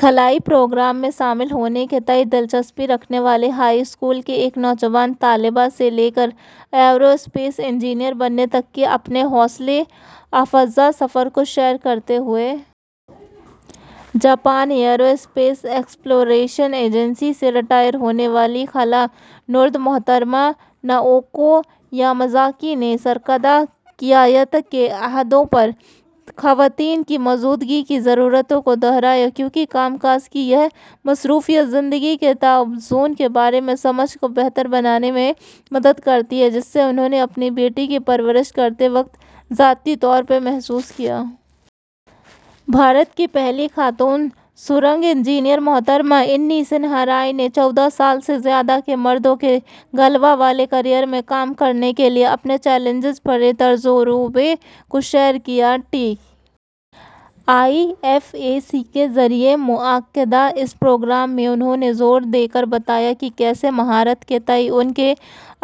خلائی پروگرام میں شامل ہونے کے تئیں دلچسپی رکھنے والی ہائی اسکول کی ایک نوجوان طالبہ سے لے کر ایرو اسپیس انجینئر بننے تک کے اپنے حوصلہ افزا سفر کو شیئر کرتے ہوئے Japan aerospace exploration agency سے ریٹائر ہونے والی خلا نورد محترمہ ناؤکو یاماجاکی نے سرکردہ قیادت کے عہدوں پر خواتین کی موجودگی کی ضرورت کو دہرایا، کیونکہ کام کاج کی یہ مصروفیت زندگی کے توازن کے بارے میں سمجھ کو بہتر بنانے میں مدد کرتی ہے، جسے انہوں نے اپنی بیٹی کی پرورش کرتے وقت ذاتی طور پر محسوس کیا۔ بھارت کی پہلی خاتون سرنگ انجینئر محترمہ اینی سنہا رائے نے چودہ سال سے زیادہ کے مردوں کے غلبہ والے کیریئر میں کام کرنے کے اپنے چیلنج بھرے تجربے کو شیئر کیا۔ T I F A C کے ذریعے منعقد اس پروگرام میں انہوں نے زور دے کر بتایا کہ کیسے مہارت کے تئیں ان کے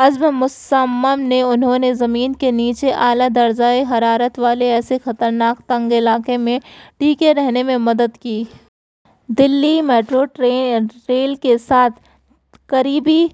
عزم مصمم نے انہیں زمین کے نیچے اعلیٰ درجہ حرارت والے ایسے خطرناک اور تنگ علاقے میں ٹکے رہنے میں مدد کی۔ دہلی میٹرو ریل کے ساتھ قریبی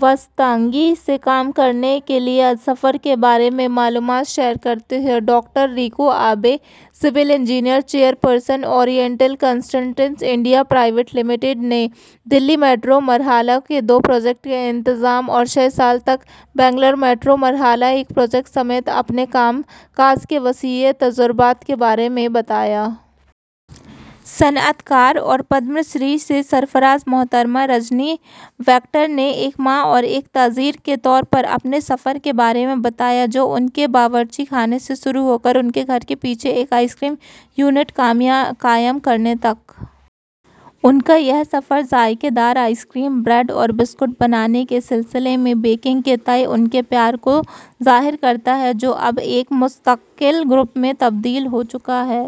وابستگی سے کام کرنے کے اپنے سفر کے بارے میں معلومات شیئر کرتے ہوئے doctor Riko Abe, civil engineer, chairperson, oriental consultants India private limited نے دہلی میٹرو مرحلہ دو کے پروجیکٹ کے انتظام اور چھ سال تک بنگلور میٹرو مرحلہ ایک پروجیکٹ سمیت اپنے کام کاج کے وسیع تجربات کے بارے میں بتایا۔ صنعت کار اور پدم شری سے سرفراز محترمہ رجنی بیکٹر نے ایک ماں اور ایک تاجر کے طور پر اپنے سفر کے بارے میں بتایا، جو ان کے باورچی خانے سے شروع ہو کر ان کے گھر کے پیچھے ایک آئس کریم یونٹ قائم ہونے تک گیا۔ ان کا یہ سفر ذائقہ دار آئس کریم، بریڈ اور بسکٹ بنانے کے سلسلے میں بیکنگ کے تئیں ان کے پیار کو ظاہر کرتا ہے، جو اب ایک مستقل گروپ میں تبدیل ہو چکا ہے۔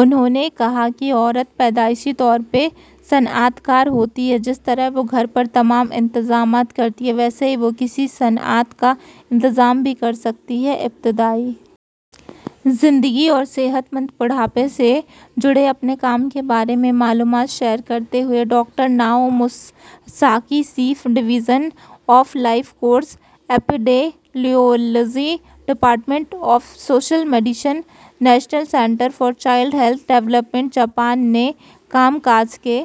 انہوں نے کہا کہ عورت پیدائشی طور پر صنعت کار ہوتی ہے۔ جس طرح وہ گھر پر تمام انتظامات کرتی ہیں، ویسے ہی وہ کسی صنعت کا انتظام بھی کر سکتی ہیں۔ ابتدائی زندگی اور صحت مند بڑھاپے سے جڑے اپنے کام کے بارے میں معلومات شیئر کرتے ہوئے doctor Naho Morisaki, chief, division of life course epidemiology, department of social medicine, national centre for child health and development, Japan نے کام کاج کے...